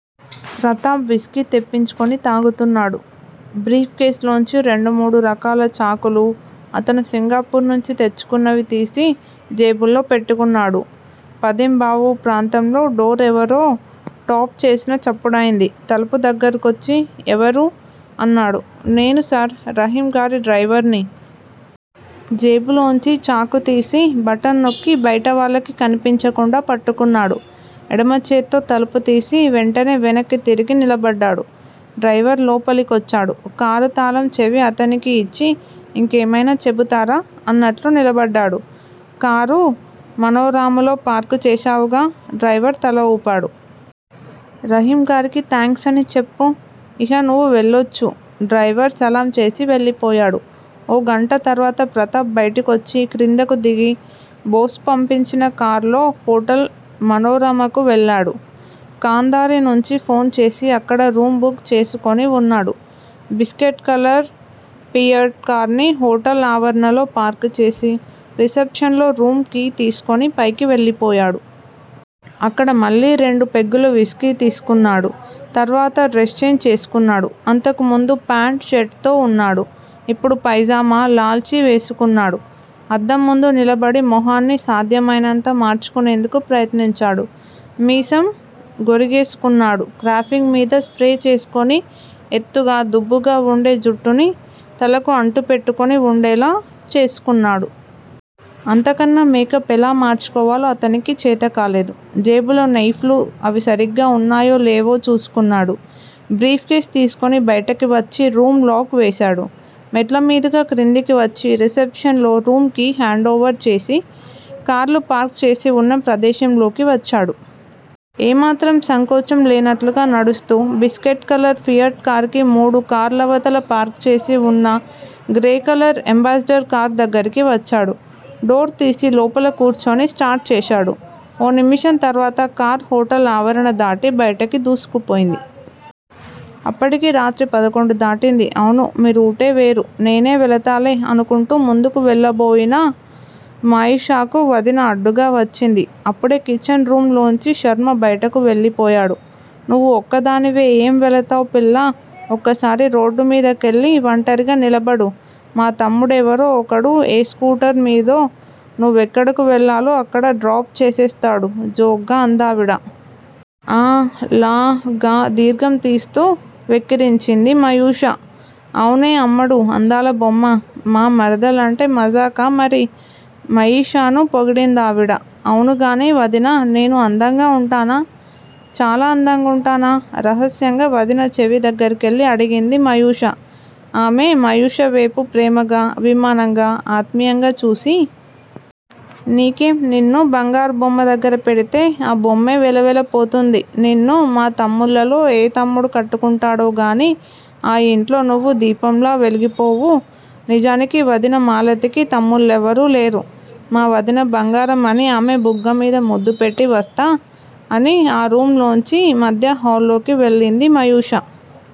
Pratap whisky తెప్పించుకుని తాగుతున్నాడు. Brief కేసులోంచి రెండు మూడు రకాల చాకులు, అతను సింగపూర్ నుంచి తెచ్చుకున్నవి తీసి జేబుల్లో పెట్టుకున్నాడు. పదింబావు ప్రాంతంలో డోర్ ఎవరో టాఫ్ చేసిన చప్పుడయింది. తలుపు దగ్గరకొచ్చి ఎవరు? అన్నాడు. నేను సార్! రహీమ్ గారి డ్రైవర్ని! జేబులోంచి చాకు తీసి, బటన్ నొక్కి బయటి వాళ్ళకి కనిపించకుండా పట్టుకున్నాడు. ఎడమచేత్తో తలుపు తీసి వెంటనే వెనక్కి తిరిగి నిలబడ్డాడు. డ్రైవరు లోపలికొచ్చాడు. కారు తాళం చెవి అతనికి యిచ్చి యింకేమైనా చెబుతారా? అన్నట్లు నిలబడ్డాడు. కారు మనోరమలో పార్కు చేశావుగా! డ్రైవరు తల ఊపాడు. రహీంగారికి థాంక్సని చెప్పు. ఇహ నువ్వు వెళ్ళొచ్చు! డ్రైవరు సలాంచేసి వెళ్ళిపోయాడు. ఓ గంట తర్వాత ప్రతాప్ బయటికొచ్చి క్రిందకు దిగి బోసు పంపించిన కార్లో హోటల్ మనోరమకు వెళ్ళాడు. ఖాంధారీ నుంచి ఫోన్ చేసి అక్కడ రూమ్ బుక్ చేసుకుని వున్నాడు. బిస్కెట్ కలర్ ఫియట్ కారుని హోటల్ ఆవరణలో పార్క్ చేసి, రిసెప్షన్ లో రూం కీ తీసుకుని పైకి వెళ్ళిపోయాడు. అక్కడ మళ్ళీ రెండు పెగ్గులు విస్కీ తీసుకున్నాడు. తర్వాత డ్రెస్ చేంజ్ చేసుకున్నాడు. అంతకు ముందు ప్యాంట్, షర్ట్ తో వున్నాడు. ఇప్పుడు పైజమా, లాల్చీ వేసుకున్నాడు. అద్దంముందు నిలబడి మొహాన్నీ సాధ్యమైనంత మార్చుకునేందుకు ప్రయత్నించాడు. మీసం గొరిగేసుకున్నాడు. క్రాఫింగ్ మీద స్ప్రే చేసుకుని ఎత్తుగా, దుబ్బుగా వుండే జుట్టుని తలకు అంటిపెట్టుకుని వుండేలా చేసుకున్నాడు. అంత కన్నా మేకప్ ఎలా మార్చుకోవాలో అతనికి చేతకాలేదు. జేబులో నైఫ్ లూ అవీ సరిగ్గా వున్నాయో లేవో చూసుకున్నాడు. బ్రీఫ్ కేస్ తీసుకుని బయటకి వచ్చి రూం లాక్ చేశాడు. మెట్లమీదుగా క్రిందకి వచ్చి రిసెప్షన్ లో రూం కీ హాండ్ వోవర్ చేసి కార్లు పార్క్ చేసి వున్న ప్రదేశంలోకి వచ్చాడు. ఏ మాత్రం సంకోచం లేనట్లు నడుస్తూ బిస్కెట్ కలర్ ఫియట్ కారుకి మూడు కార్లవతల పార్కుచేసి వున్న గ్రే కలర్ ఎంబాసిడర్ కారు దగ్గరకు వచ్చాడు. డోర్ తీసి లోపల కూర్చుని స్టార్ట్ చేశాడు. ఓ నిమిషం తర్వాత కారు హోటల్ ఆవరణ దాటి బయటకి దూసుకుపోయింది. అప్పటికి రాత్రి పదకొండు దాటింది. అవును మీరూటే వేరు నేనే వెళతాలే అనుకుంటూ ముందుకు వెళ్ళబోయిన మయూషకు వదిన అడ్డుగా వచ్చింది. అప్పుడే కిచెన్ రూమ్ లోంచి శర్మ బయటకు వెళ్ళిపోయాడు. నువ్వు ఒక్కదానివే ఏం వెళతావ్ పిల్లా ఒక్కసారి రోడ్డుమీద కెళ్ళి వంటరిగా నిలబడు మా తమ్ముడెవరో ఒకడు ఏ స్కూటర్ మీదో నువ్వెక్కడకు వెళ్ళాలో అక్కడ డ్రాప్ చేసేస్తాడు జోగ్గా అందావిడ. అ లా గా దీర్ఘం తీస్తూ వెక్కిరించింది మయూష. అవునే అమ్మడూ అందాల బొమ్మ, మా మరదలంటే మజాకా మరి మయూషను పొగిడిందావిడ. అవునుగానీ వదిన నేను అందంగా ఉంటానా? చాలా అందంగా ఉంటానా? రహస్యంగా వదిన చెవి దగ్గరకెళ్ళి అడిగింది మయూష. ఆమె మయూషవేపు ప్రేమగా, అభిమానంగా, ఆత్మీయంగా చూసి. నీకేం? నిన్ను బంగారు బొమ్మదగ్గర పెడితే ఆ బొమ్మే వెలవెల పోతుంది నిన్ను మా తమ్ముళ్ళలో ఏ తమ్ముడు కట్టుకుంటాడో గానీ ఆ యింట్లో నువ్వు దీపంలా వెలిగిపోవూ నిజానికి వదిన మాలతికి తమ్ముళ్ళెవరూ లేరు. మా వదిన బంగారం అని ఆమె బుగ్గమీద ముద్దుపెట్టి వస్తా అని ఆ రూమ్ లోంచి మధ్యహాల్లోకి వెళ్ళింది మయూష.